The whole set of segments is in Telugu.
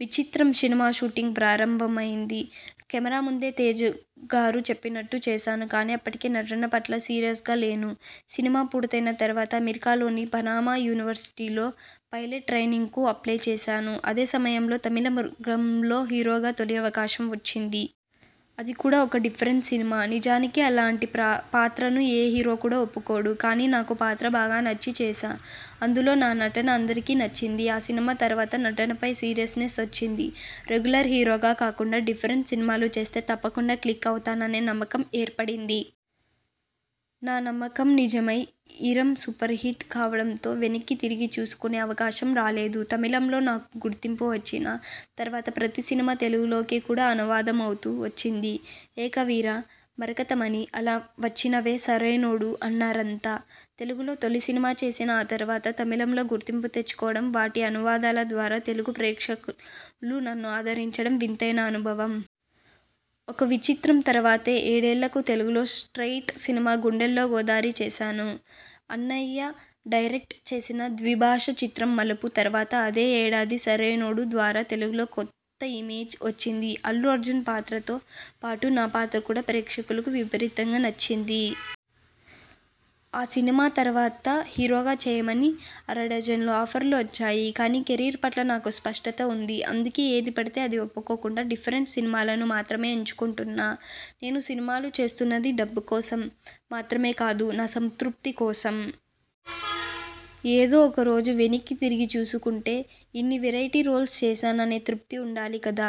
విచిత్రం' సినిమా షూటింగ్ ప్రారంభమైంది. కెమెరా ముందు తేజుగారు చెప్పినట్టు చేశాను కానీ అప్పటికి నటన పట్ల సీరియస్గా లేను. సినిమా పూర్తయిన తర్వాత అమెరికాలోని పనామా యూనివర్శిటీలో పైలెట్ ట్రైనింగ్కు అప్లయ్ చేశాను. అదే సమయంలో తమిళ 'మృగం'లో హీరోగా తొలి అవకాశం వచ్చింది. అది కూడా ఒక డిఫరెంట్ సినిమా. నిజానికి అలాంటి పాత్రను ఏ హీరో కూడా ఒప్పుకోడు. కానీ నాకు ప్రా పాత్ర బాగా నచ్చి చేశా. అందులో నా నటన అందరికీ నచ్చింది. ఆ సినిమా తర్వాత నటనపై సీరియస్నెస్ వచ్చింది. రెగ్యులర్ హీరోగా కాకుండా డిఫరెంట్ సినిమాలు చేస్తే తప్పకుండా క్లిక్ అవుతాననే నమ్మకం ఏర్పడింది. నా నమ్మకం నిజమై 'ఈరం' సూపర్హిట్ కావడంతో వెనక్కి తిరిగి చూసుకునే అవకాశం రాలేదు. తమిళంలో నాకు గుర్తింపు వచ్చిన తర్వాత ప్రతీ సినిమా తెలుగులోకి కూడా అనువాదమవుతూ వచ్చింది. 'ఏకవీర', 'మరకతమణి' అలా వచ్చినవే. 'సరైనోడు' అన్నారంతా తెలుగులో తొలి సినిమా చేసినా ఆ తర్వాత తమిళంలో గుర్తింపు తెచ్చుకోవడం, వాటి అనువాదాల ద్వారా తెలుగు ప్రేక్షకులు నన్ను ఆదరించడం వింతైన అనుభవం. 'ఒక విచిత్రం' తర్వాత ఏడేళ్లకు తెలుగులో స్ట్రయిట్ సినిమా 'గుండెల్లో గోదారి' చేశాను. అన్నయ్య డైరెక్ట్ చేసిన ద్విభాషా చిత్రం 'మలుపు' తర్వాత అదే యేడాది 'సరైనోడు' ద్వారా తెలుగులో కొత్త ఇమేజ్ వచ్చింది. అల్లు అర్జున్ పాత్రతో పాటు నా పాత్ర కూడా ప్రేక్షకులకు విపరీతంగా నచ్చింది. ఆ సినిమా తర్వాత హీరోగా చేయమని అరడజను ఆఫర్లు వచ్చాయి. కాని కెరీర్ పట్ల నాకు స్పష్టత ఉంది. అందుకే ఏది పడితే అది ఒప్పుకోకుండా డిఫరెంట్ సినిమాలను మాత్రమే ఎంచుకుంటున్నా. నేను సినిమాలు చేస్తున్నది డబ్బు కోసం మాత్రమే కాదు, నా సంతృప్తి కోసం. ఏదో ఒకరోజు వెనక్కి తిరిగి చూసుకుంటే ఇన్ని వెరైటీ రోల్స్ చేశాననే తృప్తి ఉండాలి కదా.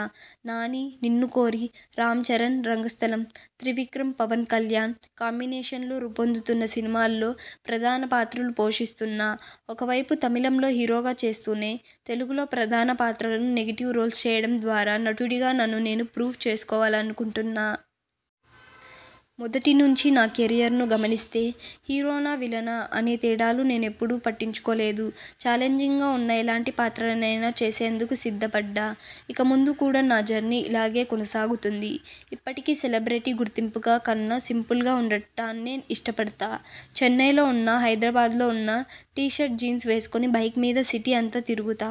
నాని 'నిన్ను కోరి', రామ్ చరణ్ 'రంగస్థలం', త్రివిక్రమ్, పవన్కళ్యాణ్ కాంబినేషన్లో రూపొందుతున్న సినిమాల్లో ప్రధాన పాత్రలు పోషిస్తున్నా. ఒకవైపు తమిళంలో హీరోగా చేస్తూనే, తెలుగులో ప్రధాన పాత్రలు, నెగిటివ్ రోల్స్ చేయడం ద్వారా నటుడిగా నన్ను నేను ప్రూవ్ చేసుకోవాలనుకుంటున్నా. మొదటి నుంచి నా కెరీర్ను గమనిస్తే హీరోనా, విలనా అనే తేడాలు నేనెప్పుడూ పట్టించుకోలేదు. ఛాలెంజింగ్గా ఉన్న ఎలాంటి పాత్రనైనా చేసేందుకు సిద్ధపడ్డా. ఇక ముందు కూడా నా జర్నీ ఇలాగే కొనసాగుతుంది. ఇప్పటికీ సెలబ్రిటీ గుర్తింపు కన్నా సింపుల్గా ఉండటాన్నే ఇష్టపడతా. చెన్నైలో ఉన్నా హైదరాబాద్లో ఉన్నా టీషర్ట్, జీన్స్ వేసుకుని బైక్ మీదే సిటీ అంతా తిరుగుతా.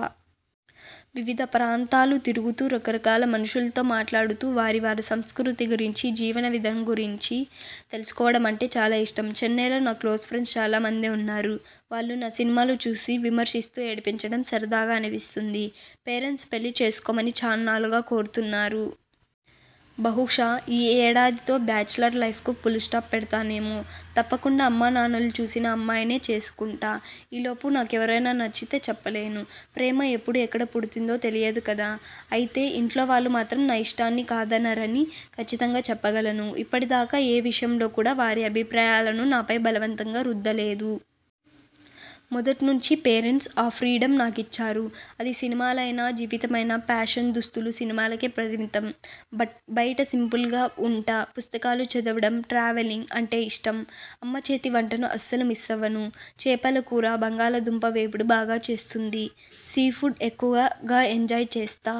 వివిధ ప్రాంతాలు తిరుగుతూ రకరకాల మనుషులతో మాట్లాడుతూ వారి వారి సంస్కృతి గురించి, జీవన విధానం గురించి తెలుసుకోవడమంటే చాలా ఇష్టం. చెన్నైలో నా క్లోజ్ ఫ్రెండ్స్ చాలామందే ఉన్నారు. వాళ్లు నా సినిమాలు చూసి విమర్శిస్తూ, ఏడిపించడం సరదాగా అనిపిస్తుంది. పేరెంట్స్ పెళ్లి చేసుకొమ్మని చాన్నాళ్లుగా కోరుతున్నారు. బహుశా ఈ యేడాదితో బ్యాచిలర్ లైఫ్కు పుల్స్టాప్ పెడతానేమో. తప్పకుండా అమ్మనాన్నలు చూసిన అమ్మాయినే చేసుకుంటా. ఈ లోపు నాకెవరైనా నచ్చితే చెప్పలేను. ప్రేమ ఎప్పుడు, ఎక్కడ పుడుతుందో తెలియదు కదా. అయితే ఇంట్లోవాళ్లు మాత్రం నా ఇష్టాన్ని కాదనరని కచ్చితంగా చెప్పగలను. ఇప్పటిదాకా ఏ విషయంలో కూడా వారి అభిప్రాయాలను నాపై బలవంతంగా రుద్దలేదు. మొదట్నుంచి పేరంట్స్ ఆ ఫ్రీడమ్ నాకిచ్చారు. అది సినిమాలైనా, జీవితమైనా! ఫ్యాషన్ దుస్తులు సినిమాలకే పరిమితం. బయట సింపుల్గా ఉంటా. పుస్తకాలు చదవడం, ట్రావెలింగ్ అంటే ఇష్టం. అమ్మ చేతివంటను అస్సలు మిస్సవ్వను. చేపల కూర, బంగాళదుంప వేపుడు బాగా చేస్తుంది. సీ ఫుడ్ ఎక్కువగా ఎంజాయ్ చేస్తా.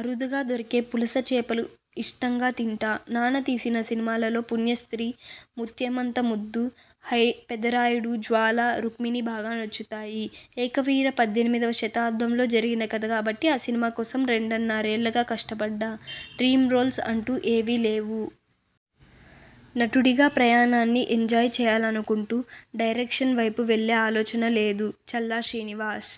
అరుదుగా దొరికే పులస చేపలు ఇష్టంగా తింటా. నాన్న తీసిన సినిమాల్లో పుణ్యస్త్రీ, ముత్యమంత ముద్దు, హై పెదరాయుడు, జ్వాల, రుక్మిణి బాగా నచ్చుతాయి. 'ఏకవీర' పద్దెనిమిదివ శతాబ్దంలో జరిగిన కథ కాబట్టి ఆ సినిమా కోసం రెండున్నరేళ్లు కష్టపడ్డా. డ్రీమ్ రోల్స్ అంటూ ఏవీ లేవు. నటుడిగా ప్రయాణాన్ని ఎంజాయ్ చేయాలనుకుంటా. డైరెక్షన్ వైపు వెళ్లే ఆలోచన లేదు. చల్లా శ్రీనివాస్